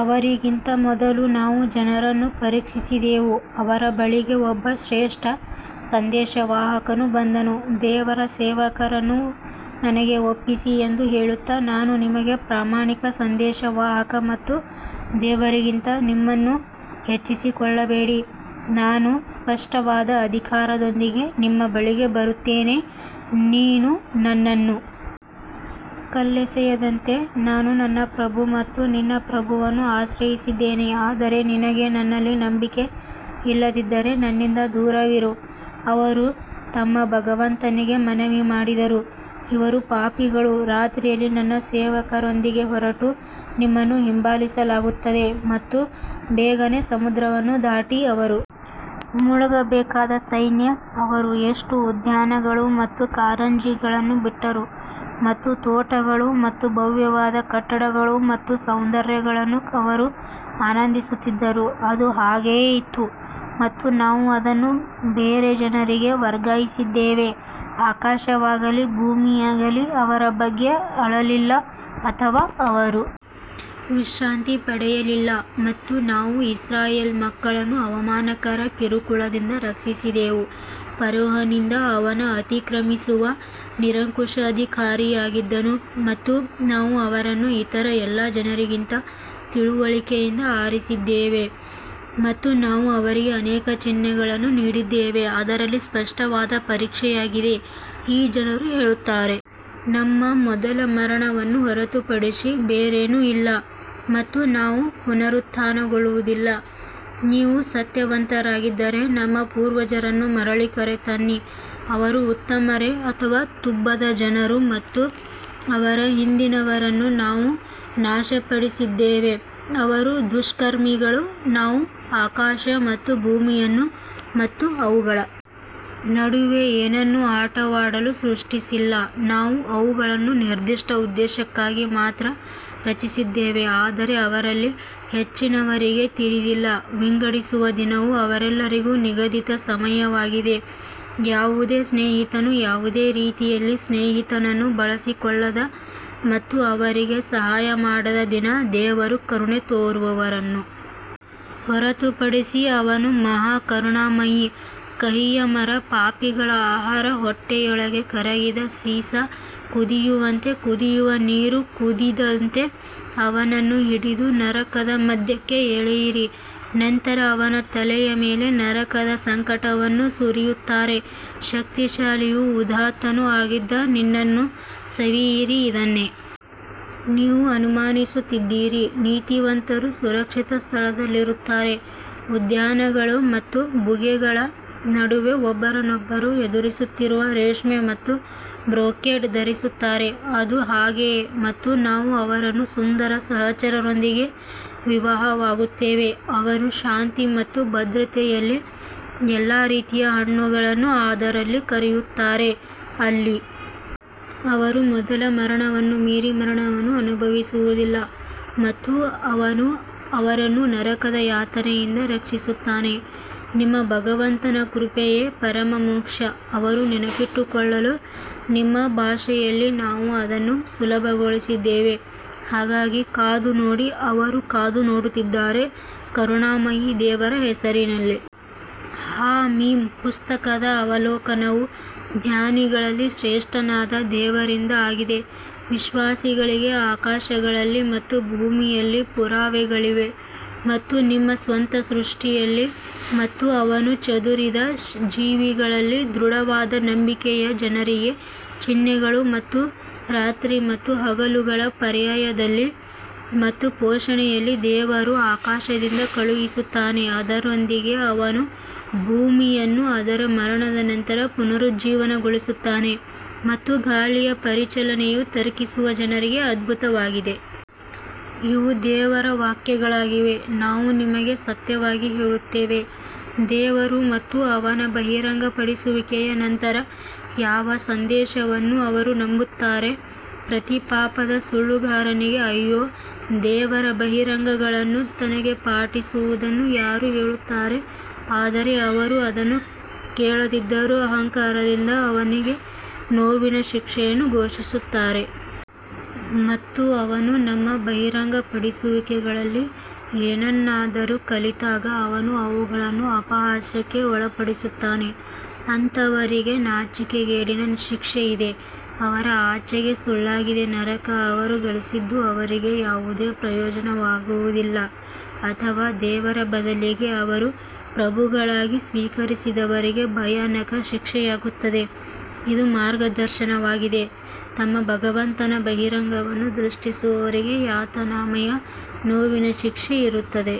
ಅವರಿಗಿಂತ ಮೊದಲು ನಾವು ಜನರನ್ನು ಪರೀಕ್ಷಿಸಿದೆವು ಅವರ ಬಳಿಗೆ ಒಬ್ಬ ಶ್ರೇಷ್ಠ ಸಂದೇಶವಾಹಕನು ಬಂದನು ದೇವರ ಸೇವಕರನ್ನು ನನಗೆ ಒಪ್ಪಿಸಿ ಎಂದು ಹೇಳುತ್ತಾ ನಾನು ನಿಮಗೆ ಪ್ರಾಮಾಣಿಕ ಸಂದೇಶವಾಹಕ ಮತ್ತು ದೇವರಿಗಿಂತ ನಿಮ್ಮನ್ನು ಹೆಚ್ಚಿಸಿಕೊಳ್ಳಬೇಡಿ, ನಾನು ಸ್ಪಷ್ಟವಾದ ಅಧಿಕಾರದೊಂದಿಗೆ ನಿಮ್ಮ ಬಳಿಗೆ ಬರುತ್ತೇನೆ ನೀನು ನನ್ನನ್ನು ಕಲ್ಲೆಸೆಯದಂತೆ ನಾನು ನನ್ನ ಪ್ರಭು ಮತ್ತು ನಿನ್ನ ಪ್ರಭುವನ್ನು ಆಶ್ರಯಿಸಿದ್ದೇನೆ ಆದರೆ ನಿನಗೆ ನನ್ನಲ್ಲಿ ನಂಬಿಕೆ ಇಲ್ಲದಿದ್ದರೆ ನನ್ನಿಂದ ದೂರವಿರು ಅವರು ತಮ್ಮ ಭಗವಂತನಿಗೆ ಮನವಿ ಮಾಡಿದರು ಇವರು ಪಾಪಿಗಳು ರಾತ್ರಿಯಲ್ಲಿ ನನ್ನ ಸೇವಕರೊಂದಿಗೆ ಹೊರಟು, ನಿಮ್ಮನ್ನು ಹಿಂಬಾಲಿಸಲಾಗುತ್ತದೆ ಮತ್ತು ಬೇಗನೆ ಸಮುದ್ರವನ್ನು ದಾಟಿ ಅವರು ಮುಳುಗಬೇಕಾದ ಸೈನ್ಯ ಅವರು ಎಷ್ಟು ಉದ್ಯಾನಗಳು ಮತ್ತು ಕಾರಂಜಿಗಳನ್ನು ಬಿಟ್ಟರು ಮತ್ತು ತೋಟಗಳು ಮತ್ತು ಭವ್ಯವಾದ ಕಟ್ಟಡಗಳು ಮತ್ತು ಸೌಕರ್ಯಗಳನ್ನು ಅವರು ಆನಂದಿಸುತ್ತಿದ್ದರು ಅದು ಹಾಗೆಯೇ ಇತ್ತು ಮತ್ತು ನಾವು ಅದನ್ನು ಬೇರೆ ಜನರಿಗೆ ವರ್ಗಾಯಿಸಿದ್ದೇವೆ ಆಕಾಶವಾಗಲಿ ಭೂಮಿಯಾಗಲಿ ಅವರ ಬಗ್ಗೆ ಅಳಲಿಲ್ಲ ಅಥವಾ ಅವರು ವಿಶ್ರಾಂತಿ ಪಡೆಯಲಿಲ್ಲ ಮತ್ತು ನಾವು ಇಸ್ರಾಯೇಲ್ ಮಕ್ಕಳನ್ನು ಅವಮಾನಕರ ಕಿರುಕುಳದಿಂದ ರಕ್ಷಿಸಿದೆವು ಫರೋಹನಿಂದ ಅವನು ಅತಿಕ್ರಮಿಸುವ ನಿರಂಕುಶಾಧಿಕಾರಿಯಾಗಿದ್ದನು ಮತ್ತು ನಾವು ಅವರನ್ನು ಇತರ ಎಲ್ಲ ಜನರಿಗಿಂತ ತಿಳುವಳಿಕೆಯಿಂದ ಆರಿಸಿದ್ದೇವೆ ಮತ್ತು ನಾವು ಅವರಿಗೆ ಅನೇಕ ಚಿಹ್ನೆಗಳನ್ನು ನೀಡಿದ್ದೇವೆ, ಅದರಲ್ಲಿ ಸ್ಪಷ್ಟವಾದ ಪರೀಕ್ಷೆಯಾಗಿದೆ ಈ ಜನರು ಹೇಳುತ್ತಾರೆ ನಮ್ಮ ಮೊದಲ ಮರಣವನ್ನು ಹೊರತುಪಡಿಸಿ ಬೇರೇನೂ ಇಲ್ಲ ಮತ್ತು ನಾವು ಪುನರುತ್ಥಾನಗೊಳ್ಳುವುದಿಲ್ಲ ನೀವು ಸತ್ಯವಂತರಾಗಿದ್ದರೆ ನಮ್ಮ ಪೂರ್ವಜರನ್ನು ಮರಳಿ ಕರೆತನ್ನಿ ಅವರು ಉತ್ತಮರೇ ಅಥವಾ ತುಬ್ಬದ ಜನರು ಮತ್ತು ಅವರ ಹಿಂದಿನವರನ್ನು ನಾವು ನಾಶಪಡಿಸಿದ್ದೇವೆ ಅವರು ದುಷ್ಕರ್ಮಿಗಳು ನಾವು ಆಕಾಶ ಮತ್ತು ಭೂಮಿಯನ್ನು ಮತ್ತು ಅವುಗಳ ನಡುವೆ ಏನನ್ನು ಆಟವಾಡಲು ಸೃಷ್ಟಿಸಿಲ್ಲ ನಾವು ಅವುಗಳನ್ನು ನಿರ್ದಿಷ್ಟ ಉದ್ದೇಶಕ್ಕಾಗಿ ಮಾತ್ರ ರಚಿಸಿದ್ದೇವೆ ಆದರೆ ಅವರಲ್ಲಿ ಹೆಚ್ಚಿನವರಿಗೆ ತಿಳಿದಿಲ್ಲ ವಿಂಗಡಿಸುವ ದಿನವು ಅವರೆಲ್ಲರಿಗೂ ನಿಗದಿತ ಸಮಯವಾಗಿದೆ ಯಾವುದೇ ಸ್ನೇಹಿತನು ಯಾವುದೇ ರೀತಿಯಲ್ಲಿ ಸ್ನೇಹಿತನನ್ನು ಬಳಸಿಕೊಳ್ಳದ ಮತ್ತು ಅವರಿಗೆ ಸಹಾಯ ಮಾಡದ ದಿನ ದೇವರು ಕರುಣೆ ತೋರುವವರನ್ನು ಹೊರತುಪಡಿಸಿ ಅವನು ಮಹಾ ಕರುಣಾಮಯಿ ಕಹಿಯ ಮರ ಪಾಪಿಗಳ ಆಹಾರ ಹೊಟ್ಟೆಯೊಳಗೆ ಕರಗಿದ ಸೀಸ ಕುದಿಯುವಂತೆ ಕುದಿಯುವ ನೀರು ಕುದಿದಂತೆ ಅವನನ್ನು ಹಿಡಿದು ನರಕದ ಮಧ್ಯಕ್ಕೆ ಎಳೆಯಿರಿ ನಂತರ ಅವನ ತಲೆಯ ಮೇಲೆ ನರಕದ ಸಂಕಟವನ್ನು ಸುರಿಯುತ್ತಾರೆ ಶಕ್ತಿಶಾಲಿಯೂ ಉದಾತ್ತನೂ ಆಗಿದ್ದ ನಿನ್ನನ್ನು ಸವಿಯಿರಿ ಇದನ್ನೇ ನೀವು ಅನುಮಾನಿಸುತ್ತಿದ್ದೀರಿ ನೀತಿವಂತರು ಸುರಕ್ಷಿತ ಸ್ಥಳದಲ್ಲಿರುತ್ತಾರೆ ಉದ್ಯಾನಗಳು ಮತ್ತು ಬುಗ್ಗೆಗಳ ನಡುವೆ ಒಬ್ಬರನ್ನೊಬ್ಬರು ಎದುರಿಸುತ್ತಿರುವ ರೇಷ್ಮೆ ಮತ್ತು ಬ್ರೊಕೇಡ್ ಧರಿಸುತ್ತಾರೆ ಅದು ಹಾಗೆಯೇ ಮತ್ತು ನಾವು ಅವರನ್ನು ಸುಂದರ ಸಹಚರರೊಂದಿಗೆ ವಿವಾಹವಾಗುತ್ತೇವೆ ಅವರು ಶಾಂತಿ ಮತ್ತು ಭದ್ರತೆಯಲ್ಲಿ ಎಲ್ಲಾ ರೀತಿಯ ಹಣ್ಣುಗಳನ್ನು ಅದರಲ್ಲಿ ಕರೆಯುತ್ತಾರೆ ಅಲ್ಲಿ ಅವರು ಮೊದಲ ಮರಣವನ್ನು ಮೀರಿ ಮರಣವನ್ನು ಅನುಭವಿಸುವುದಿಲ್ಲ ಮತ್ತು ಅವನು ಅವರನ್ನು ನರಕದ ಯಾತನೆಯಿಂದ ರಕ್ಷಿಸುತ್ತಾನೆ ನಿಮ್ಮ ಭಗವಂತನ ಕೃಪೆಯೇ ಪರಮ ಮೋಕ್ಷ ಅವರು ನೆನಪಿಟ್ಟುಕೊಳ್ಳಲು ನಿಮ್ಮ ಭಾಷೆಯಲ್ಲಿ ನಾವು ಅದನ್ನು ಸುಲಭಗೊಳಿಸಿದ್ದೇವೆ ಹಾಗಾಗಿ ಕಾದು ನೋಡಿ ಅವರೂ ಕಾದು ನೋಡುತ್ತಿದ್ದಾರೆ ಕರುಣಾಮಯಿ ದೇವರ ಹೆಸರಿನಲ್ಲಿ ಹಾ ಮೀಮ್ ಪುಸ್ತಕದ ಅವಲೋಕನವು ಜ್ಞಾನಿಗಳಲ್ಲಿ ಶ್ರೇಷ್ಠನಾದ ದೇವರಿಂದ ಆಗಿದೆ ವಿಶ್ವಾಸಿಗಳಿಗೆ ಆಕಾಶಗಳಲ್ಲಿ ಮತ್ತು ಭೂಮಿಯಲ್ಲಿ ಪುರಾವೆಗಳಿವೆ ಮತ್ತು ನಿಮ್ಮ ಸ್ವಂತ ಸೃಷ್ಟಿಯಲ್ಲಿ ಮತ್ತು ಅವನು ಚದುರಿದ ಜೀವಿಗಳಲ್ಲಿ ದೃಢವಾದ ನಂಬಿಕೆಯ ಜನರಿಗೆ ಚಿಹ್ನೆಗಳು ಮತ್ತು ರಾತ್ರಿ ಮತ್ತು ಹಗಲುಗಳ ಪರ್ಯಾಯದಲ್ಲಿ ಮತ್ತು ಪೋಷಣೆಯಲ್ಲಿ ದೇವರು ಆಕಾಶದಿಂದ ಕಳುಹಿಸುತ್ತಾನೆ, ಅದರೊಂದಿಗೆ ಅವನು ಭೂಮಿಯನ್ನು ಅದರ ಮರಣದ ನಂತರ ಪುನರುಜ್ಜೀವನಗೊಳಿಸುತ್ತಾನೆ ಮತ್ತು ಗಾಳಿಯ ಪರಿಚಲನೆಯು ತರ್ಕಿಸುವ ಜನರಿಗೆ ಅದ್ಭುತವಾಗಿದೆ. ಇವು ದೇವರ ವಾಕ್ಯಗಳಾಗಿವೆ, ನಾವು ನಿಮಗೆ ಸತ್ಯವಾಗಿ ಹೇಳುತ್ತೇವೆ, ದೇವರು ಮತ್ತು ಅವನ ಬಹಿರಂಗಪಡಿಸುವಿಕೆಯ ನಂತರ ಯಾವ ಸಂದೇಶವನ್ನು ಅವರು ನಂಬುತ್ತಾರೆ ಪ್ರತಿ ಪಾಪದ ಸುಳ್ಳುಗಾರನಿಗೆ ಅಯ್ಯೋ ದೇವರ ಬಹಿರಂಗಗಳನ್ನು ತನಗೆ ಪಠಿಸುವುದನ್ನು ಯಾರು ಕೇಳುತ್ತಾರೆ, ಆದರೆ ಅವರು ಅದನ್ನು ಕೇಳದಿದ್ದರೂ ಅಹಂಕಾರದಿಂದ ಅವನಿಗೆ ನೋವಿನ ಶಿಕ್ಷೆಯನ್ನು ಘೋಷಿಸುತ್ತಾರೆ. ಮತ್ತು ಅವನು ನಮ್ಮ ಬಹಿರಂಗಪಡಿಸುವಿಕೆಗಳಲ್ಲಿ ಏನನ್ನಾದರೂ ಕಲಿತಾಗ ಅವನು ಅವುಗಳನ್ನು ಅಪಹಾಸ್ಯಕ್ಕೆ ಒಳಪಡಿಸುತ್ತಾನೆ, ಅಂತಹವರಿಗೆ ನಾಚಿಕೆಗೇಡಿನ ಶಿಕ್ಷೆ ಇದೆ. ಅವರ ಆಚೆಗೆ ಸುಳ್ಳಾಗಿದೆ ನರಕ ಅವರು ಗಳಿಸಿದ್ದು ಅವರಿಗೆ ಯಾವುದೇ ಪ್ರಯೋಜನವಾಗುವುದಿಲ್ಲ ಅಥವಾ ದೇವರ ಬದಲಿಗೆ ಅವರು ಪ್ರಭುಗಳಾಗಿ ಸ್ವೀಕರಿಸಿದವರಿಗೆ ಭಯಾನಕ ಶಿಕ್ಷೆಯಾಗುತ್ತದೆ. ಇದು ಮಾರ್ಗದರ್ಶನವಾಗಿದೆ ತಮ್ಮ ಭಗವಂತನ ಬಹಿರಂಗವನ್ನು ದೂಷಿಸುವವರಿಗೆ ಯಾತನಾಮಯ ನೋವಿನ ಶಿಕ್ಷೆ ಇರುತ್ತದೆ.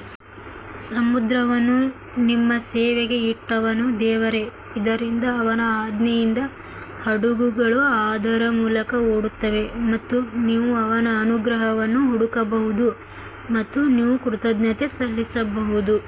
ಸಮುದ್ರವನ್ನು ನಿಮ್ಮ ಸೇವೆಗೆ ಇಟ್ಟವನು ದೇವರೇ, ಇದರಿಂದ ಅವನ ಆಜ್ಞೆಯಿಂದ ಹಡಗುಗಳು ಅದರ ಮೂಲಕ ಓಡುತ್ತವೆ ಮತ್ತು ನೀವು ಅವನ ಅನುಗ್ರಹವನ್ನು ಹುಡುಕಬಹುದು ಮತ್ತು ನೀವು ಕೃತಜ್ಞತೆ ಸಲ್ಲಿಸಬಹುದು.